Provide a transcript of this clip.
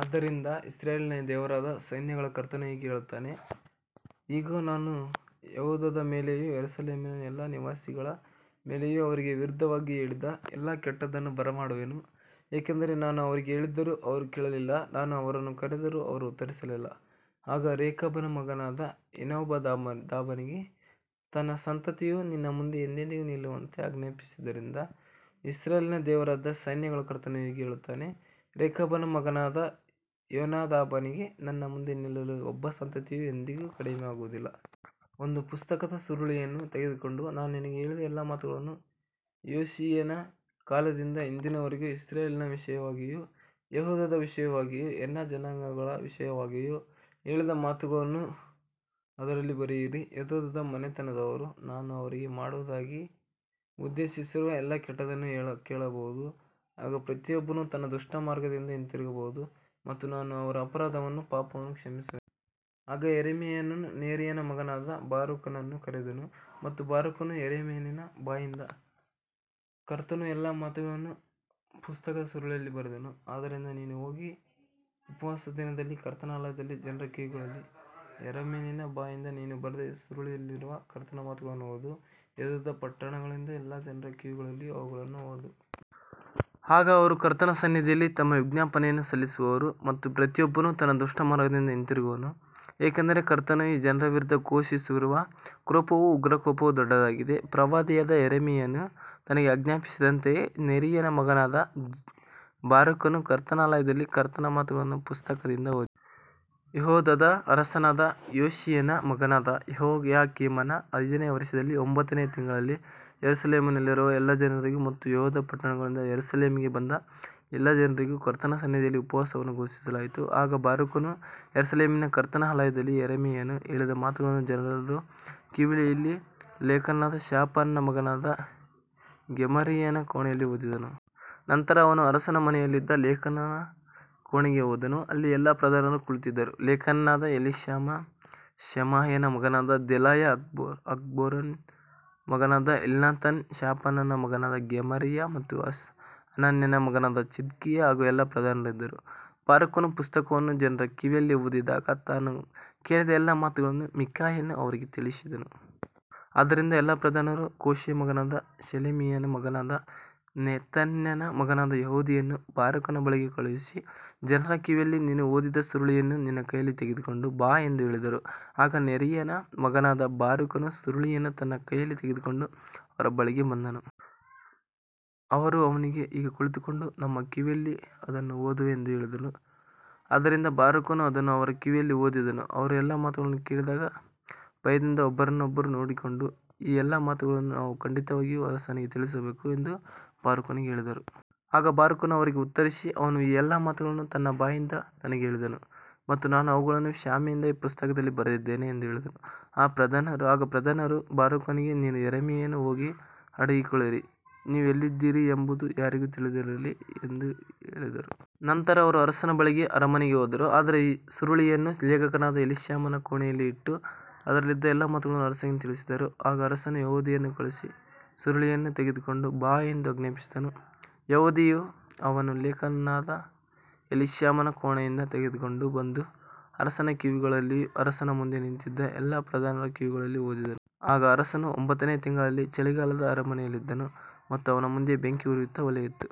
ಆದ್ದರಿಂದ ಇಸ್ರಾಯೇಲಿನ ದೇವರಾದ ಸೈನ್ಯಗಳ ಕರ್ತನು ಹೀಗೆ ಹೇಳುತ್ತಾನೆ, ಇಗೋ, ನಾನು ಯೆಹೂದದ ಮೇಲೆಯೂ ಯೆರೂಸಲೇಮಿನ ಎಲ್ಲಾ ನಿವಾಸಿಗಳ ಮೇಲೆಯೂ ಅವರಿಗೆ ವಿರುದ್ಧವಾಗಿ ಹೇಳಿದ ಎಲ್ಲಾ ಕೆಟ್ಟದ್ದನ್ನು ಬರಮಾಡುವೆನು, ಏಕೆಂದರೆ ನಾನು ಅವರಿಗೆ ಹೇಳಿದ್ದರೂ ಅವರು ಕೇಳಲಿಲ್ಲ, ನಾನು ಅವರನ್ನು ಕರೆದರೂ ಅವರು ಉತ್ತರಿಸಲಿಲ್ಲ. ಆಗ ರೇಕಾಬನ ಮಗನಾದ ಯೋನಾದಾಬನಿಗೆ ತನ್ನ ಸಂತತಿಯು ನನ್ನ ಮುಂದೆ ಎಂದೆಂದಿಗೂ ನಿಲ್ಲುವಂತೆ ಆಜ್ಞಾಪಿಸಿದ್ದರಿಂದ, ಇಸ್ರಾಯೇಲಿನ ದೇವರಾದ ಸೈನ್ಯಗಳ ಕರ್ತನು ಹೀಗೆ ಹೇಳುತ್ತಾನೆ, ರೇಕಾಬನ ಮಗನಾದ ಯೋನಾದಾಬನಿಗೆ ನನ್ನ ಮುಂದೆ ನಿಲ್ಲಲು ಒಬ್ಬ ಸಂತತಿಯು ಎಂದಿಗೂ ಕಡಿಮೆಯಾಗುವುದಿಲ್ಲ. ಒಂದು ಪುಸ್ತಕದ ಸುರುಳಿಯನ್ನು ತೆಗೆದುಕೊಂಡು, ನಾನು ನಿನಗೆ ಹೇಳಿದ ಎಲ್ಲಾ ಮಾತುಗಳನ್ನು, ಯೋಷೀಯನ ಕಾಲದಿಂದ ಇಂದಿನವರೆಗೂ ಇಸ್ರಾಯೇಲಿನ ವಿಷಯವಾಗಿಯೂ ಯೆಹೂದದ ವಿಷಯವಾಗಿಯೂ ಎಲ್ಲಾ ಜನಾಂಗಗಳ ವಿಷಯವಾಗಿಯೂ ಹೇಳಿದ ಮಾತುಗಳನ್ನು ಅದರಲ್ಲಿ ಬರೆಯಿರಿ. ಯೆಹೂದದ ಮನೆತನದವರು ನಾನು ಅವರಿಗೆ ಮಾಡುವುದಾಗಿ ಉದ್ದೇಶಿಸಿರುವ ಎಲ್ಲಾ ಕೆಟ್ಟದ್ದನ್ನು ಕೇಳಬಹುದು, ಆಗ ಪ್ರತಿಯೊಬ್ಬನು ತನ್ನ ದುಷ್ಟಮಾರ್ಗದಿಂದ ಹಿಂದಿರುಗಬಹುದು ಮತ್ತು ನಾನು ಅವರ ಅಪರಾಧವನ್ನೂ ಪಾಪವನ್ನೂ ಕ್ಷಮಿಸುವೆನು. ಆಗ ಯೆರೆಮೀಯನು ನೆರೀಯನ ಮಗನಾದ ಬಾರೂಕನನ್ನು ಕರೆದನು, ಮತ್ತು ಬಾರೂಕನು ಯೆರೆಮೀಯನ ಬಾಯಿಂದ ಕರ್ತನು ಹೇಳಿದ ಎಲ್ಲಾ ಮಾತುಗಳನ್ನು ಪುಸ್ತಕದ ಸುರುಳಿಯಲ್ಲಿ ಬರೆದನು. ಆದ್ದರಿಂದ ನೀನು ಹೋಗಿ ಉಪವಾಸದ ದಿನದಲ್ಲಿ ಕರ್ತನ ಆಲಯದಲ್ಲಿ ಜನರ ಕಿವಿಗಳಲ್ಲಿ, ಯೆರೆಮೀಯನ ಬಾಯಿಂದ ನೀನು ಬರೆದ ಈ ಸುರುಳಿಯಲ್ಲಿರುವ ಕರ್ತನ ಮಾತುಗಳನ್ನು ಓದು, ಯೆಹೂದದ ಪಟ್ಟಣಗಳಿಂದ ಬಂದ ಎಲ್ಲಾ ಜನರ ಕಿವಿಗಳಲ್ಲಿಯೂ ಅವುಗಳನ್ನು ಓದು. ಆಗ ಅವರು ಕರ್ತನ ಸನ್ನಿಧಿಯಲ್ಲಿ ತಮ್ಮ ವಿಜ್ಞಾಪನೆಯನ್ನು ಸಲ್ಲಿಸುವರು ಮತ್ತು ಪ್ರತಿಯೊಬ್ಬನು ತನ್ನ ದುಷ್ಟಮಾರ್ಗದಿಂದ ಹಿಂದಿರುಗುವನು, ಏಕೆಂದರೆ ಕರ್ತನು ಈ ಜನರ ವಿರುದ್ಧ ಘೋಷಿಸಿರುವ ಕೋಪವೂ ಉಗ್ರಕೋಪವೂ ದೊಡ್ಡದಾಗಿದೆ. ಪ್ರವಾದಿಯಾದ ಯೆರೆಮೀಯನು ತನಗೆ ಆಜ್ಞಾಪಿಸಿದಂತೆಯೇ ನೆರೀಯನ ಮಗನಾದ ಬಾರೂಕನು ಕರ್ತನ ಆಲಯದಲ್ಲಿ ಕರ್ತನ ಮಾತುಗಳನ್ನು ಪುಸ್ತಕದಿಂದ ಓದಿದನು. ಯೆಹೂದದ ಅರಸನಾದ ಯೋಷೀಯನ ಮಗನಾದ ಯೆಹೋಯಾಕೀಮನ ಐದನೆಯ ವರ್ಷದಲ್ಲಿ ಒಂಬತ್ತನೆಯ ತಿಂಗಳಲ್ಲಿ, ಯೆರೂಸಲೇಮಿನಲ್ಲಿರುವ ಎಲ್ಲಾ ಜನರಿಗೂ ಮತ್ತು ಯೆಹೂದದ ಪಟ್ಟಣಗಳಿಂದ ಯೆರೂಸಲೇಮಿಗೆ ಬಂದ ಎಲ್ಲಾ ಜನರಿಗೂ ಕರ್ತನ ಸನ್ನಿಧಿಯಲ್ಲಿ ಉಪವಾಸವನ್ನು ಘೋಷಿಸಲಾಯಿತು. ಆಗ ಬಾರೂಕನು ಯೆರೂಸಲೇಮಿನ ಕರ್ತನ ಆಲಯದಲ್ಲಿ, ಯೆರೆಮೀಯನು ಹೇಳಿದ ಮಾತುಗಳನ್ನು ಜನರೆಲ್ಲರ ಕಿವಿಯಲ್ಲಿ, ಲೇಖಕನಾದ ಶಾಫಾನನ ಮಗನಾದ ಗೆಮರೀಯನ ಕೋಣೆಯಲ್ಲಿ ಓದಿದನು. ನಂತರ ಅವನು ಅರಸನ ಅರಮನೆಯಲ್ಲಿದ್ದ ಲೇಖಕನ ಕೋಣೆಗೆ ಹೋದನು, ಅಲ್ಲಿ ಎಲ್ಲಾ ಪ್ರಧಾನರು ಕುಳಿತಿದ್ದರು, ಲೇಖಕನಾದ ಎಲೀಷಾಮ, ಶೆಮಾಯನ ಮಗನಾದ ದೆಲಾಯ, ಅಕ್ಬೋರನ ಮಗನಾದ ಎಲ್ನಾಥನ್, ಶಾಫಾನನ ಮಗನಾದ ಗೆಮರೀಯ ಮತ್ತು ಹನನ್ಯನ ಮಗನಾದ ಚಿದ್ಕೀಯ ಹಾಗೂ ಎಲ್ಲಾ ಪ್ರಧಾನರು ಇದ್ದರು. ಬಾರೂಕನು ಪುಸ್ತಕವನ್ನು ಜನರ ಕಿವಿಯಲ್ಲಿ ಓದಿದಾಗ ತಾನು ಕೇಳಿದ ಎಲ್ಲಾ ಮಾತುಗಳನ್ನು ಮಿಕಾಯನು ಅವರಿಗೆ ತಿಳಿಸಿದನು. ಆದ್ದರಿಂದ ಎಲ್ಲಾ ಪ್ರಧಾನರು ಕೂಶಿಯ ಮಗನಾದ ಶೆಲೆಮೀಯನ ಮಗನಾದ ನೆತನ್ಯನ ಮಗನಾದ ಯೆಹೂದಿಯನ್ನು ಬಾರೂಕನ ಬಳಿಗೆ ಕಳುಹಿಸಿ, ಜನರ ಕಿವಿಯಲ್ಲಿ ನೀನು ಓದಿದ ಸುರುಳಿಯನ್ನು ನಿನ್ನ ಕೈಯಲ್ಲಿ ತೆಗೆದುಕೊಂಡು ಬಾ ಎಂದು ಹೇಳಿದರು. ಆಗ ನೆರೀಯನ ಮಗನಾದ ಬಾರೂಕನು ಸುರುಳಿಯನ್ನು ತನ್ನ ಕೈಯಲ್ಲಿ ತೆಗೆದುಕೊಂಡು ಅವರ ಬಳಿಗೆ ಬಂದನು. ಅವರು ಅವನಿಗೆ, ಈಗ ಕುಳಿತುಕೊಂಡು ನಮ್ಮ ಕಿವಿಯಲ್ಲಿ ಅದನ್ನು ಓದು ಎಂದು ಹೇಳಿದರು. ಆದ್ದರಿಂದ ಬಾರೂಕನು ಅದನ್ನು ಅವರ ಕಿವಿಯಲ್ಲಿ ಓದಿದನು. ಅವರು ಎಲ್ಲಾ ಮಾತುಗಳನ್ನು ಕೇಳಿದಾಗ ಭಯದಿಂದ ಒಬ್ಬರನ್ನೊಬ್ಬರು ನೋಡಿಕೊಂಡು, ಈ ಎಲ್ಲಾ ಮಾತುಗಳನ್ನು ನಾವು ಖಂಡಿತವಾಗಿಯೂ ಅರಸನಿಗೆ ತಿಳಿಸಬೇಕು ಎಂದು ಬಾರೂಕನಿಗೆ ಹೇಳಿದರು. ಆಗ ಬಾರೂಕನು ಅವರಿಗೆ ಉತ್ತರಿಸಿ, ಅವನು ಈ ಎಲ್ಲಾ ಮಾತುಗಳನ್ನು ತನ್ನ ಬಾಯಿಂದ ನನಗೆ ಹೇಳಿದನು ಮತ್ತು ನಾನು ಅವುಗಳನ್ನು ಶಾಯಿಯಿಂದ ಈ ಪುಸ್ತಕದಲ್ಲಿ ಬರೆದಿದ್ದೇನೆ ಎಂದು ಹೇಳಿದನು. ಆಗ ಪ್ರಧಾನರು ಬಾರೂಕನಿಗೆ, ನೀನೂ ಯೆರೆಮೀಯನೂ ಹೋಗಿ ಅಡಗಿಕೊಳ್ಳಿರಿ, ನೀವು ಎಲ್ಲಿದ್ದೀರಿ ಎಂಬುದು ಯಾರಿಗೂ ತಿಳಿಯದಿರಲಿ ಎಂದು ಹೇಳಿದರು. ನಂತರ ಅವರು ಅರಸನ ಬಳಿಗೆ ಅರಮನೆಗೆ ಹೋದರು, ಆದರೆ ಸುರುಳಿಯನ್ನು ಲೇಖಕನಾದ ಎಲೀಷಾಮನ ಕೋಣೆಯಲ್ಲಿ ಇಟ್ಟು, ಅದರಲ್ಲಿದ್ದ ಎಲ್ಲಾ ಮಾತುಗಳನ್ನು ಅರಸನಿಗೆ ತಿಳಿಸಿದರು. ಆಗ ಅರಸನು ಯೆಹೂದಿಯನ್ನು ಕಳುಹಿಸಿ, ಸುರುಳಿಯನ್ನು ತೆಗೆದುಕೊಂಡು ಬಾ ಎಂದು ಆಜ್ಞಾಪಿಸಿದನು. ಯೆಹೂದಿಯು ಅದನ್ನು ಲೇಖಕನಾದ ಎಲೀಷಾಮನ ಕೋಣೆಯಿಂದ ತೆಗೆದುಕೊಂಡು ಬಂದು, ಅರಸನ ಕಿವಿಗಳಲ್ಲಿಯೂ ಅರಸನ ಮುಂದೆ ನಿಂತಿದ್ದ ಎಲ್ಲಾ ಪ್ರಧಾನರ ಕಿವಿಗಳಲ್ಲಿಯೂ ಓದಿದನು. ಆಗ ಅರಸನು ಒಂಬತ್ತನೆಯ ತಿಂಗಳಲ್ಲಿ ಚಳಿಗಾಲದ ಅರಮನೆಯಲ್ಲಿದ್ದನು ಮತ್ತು ಅವನ ಮುಂದೆ ಬೆಂಕಿ ಉರಿಯುತ್ತಿದ್ದ ಒಲೆಯಿತ್ತು.